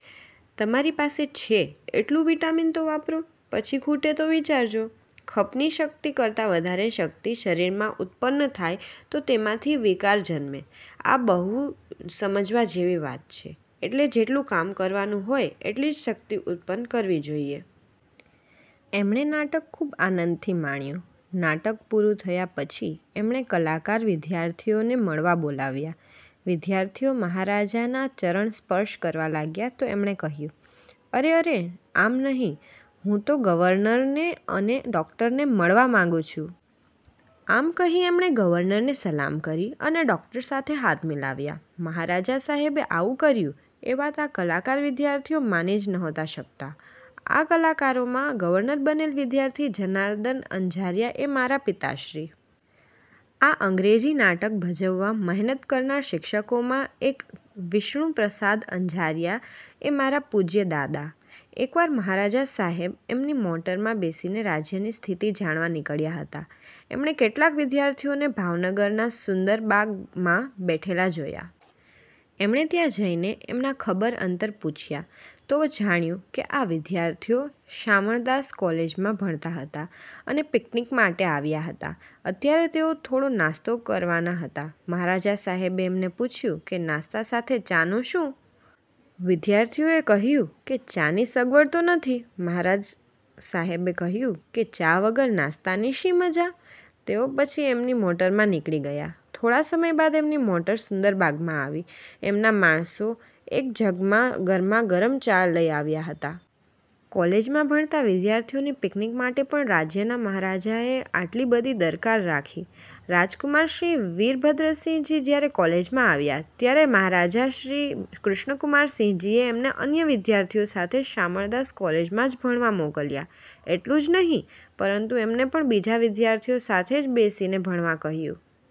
' 'તમારી પાસે છે એટલું વિટામિન તો વાપરો! – પછી ખૂટે તો વિચારજો. ' ખપની શક્તિ કરતાં વધારે શક્તિ શરીરમાં ઉત્પન્ન થાય તો તેમાંથી વિકાર જન્મે. આ બહુ સમજવા જેવી વાત છે. એટલે જેટલું કામ કરવાનું હોય એટલી જ શક્તિ ઉત્પન્ન કરવી જોઈએ. એમણે નાટક ખુબ આનંદથી માણ્યું. નાટક પૂરું થયા પછી એમણે કલાકાર વિદ્યાર્થીઓને મળવા બોલાવ્યા. વિદ્યાર્થીઓ મહારાજાના ચરણ સ્પર્શ કરવા લાગ્યા તો એમણે કહ્યું, "અરે અરે આમ નહિ. હું તો ગવર્નરને અને ડોક્ટરને મળવા માગું છું. " આમ કહી એમણે ગવર્નરને સલામ કરી અને ડોક્ટર સાથે હાથ મિલાવ્યા. મહારાજા સાહેબે આવું કર્યું એ વાત આ કલાકાર વિદ્યાર્થીઓ માની જ નહોતા શકતા. આ કલાકારોમાં ગવર્નર બનેલ વિદ્યાર્થી જનાર્દન અંજારિયા એ મારા પિતાશ્રી! આ અંગ્રેજી નાટક ભજવવા મહેનત કરનાર શિક્ષકોમાં એક વિષ્ણુપ્રસાદ અંજારિયા એ મારા પૂજ્ય દાદા! એક વાર મહારાજા સાહેબ એમની મોટરમાં બેસીને રાજ્યની સ્થિતિ જાણવા નીકળ્યા હતા. એમણે કેટલાક વિદ્યાર્થીઓને ભાવનગરના સુંદરબાગમાં બેઠેલા જોયા. એમણે ત્યાં જઈને એમના ખબર અંતર પૂછ્યા તો જાણ્યું કે આ વિદ્યાર્થીઓ શામળદાસ કોલેજમાં ભણતા હતા અને પીકનીક માટે આવ્યા હતા. અત્યારે તેઓ થોડો નાસ્તો કરવાના હતા. મહારાજા સાહેબે એમને પૂછ્યું કે નાસ્તા સાથે ચાનું શું? વિદ્યાર્થીઓએ કહ્યું કે ચાની સગવડ તો નથી. મહારાજ સાહેબે કહ્યું કે, "ચા વગર નાસ્તાની શી મજા? " તેઓ પછી એમની મોટરમાં નીકળી ગયા. થોડા સમય બાદ એમની મોટર સુંદરબાગમાં આવી. એમના માણસો એક જગમાં ગરમા ગરમ ચા લઇ આવ્યા હતા! કોલેજમાં ભણતા વિદ્યાર્થીઓની પીકનીક માટે પણ રાજ્યના મહારાજાએ આટલી બધી દરકાર રાખી! રાજકુમાર શ્રી. વીરભદ્રસિંહજી જયારે કોલેજમાં આવ્યા ત્યારે મહારાજા શ્રી. કૃષ્ણકુમારસિંહજીએ એમને અન્ય વિદ્યાર્થીઓ સાથે શામળદાસ કોલેજમાં જ ભણવા મોકલ્યા. એટલું જ નહિ પરંતુ એમને પણ બીજા વિદ્યાર્થીઓ સાથે જ બેસીને ભણવા કહ્યું.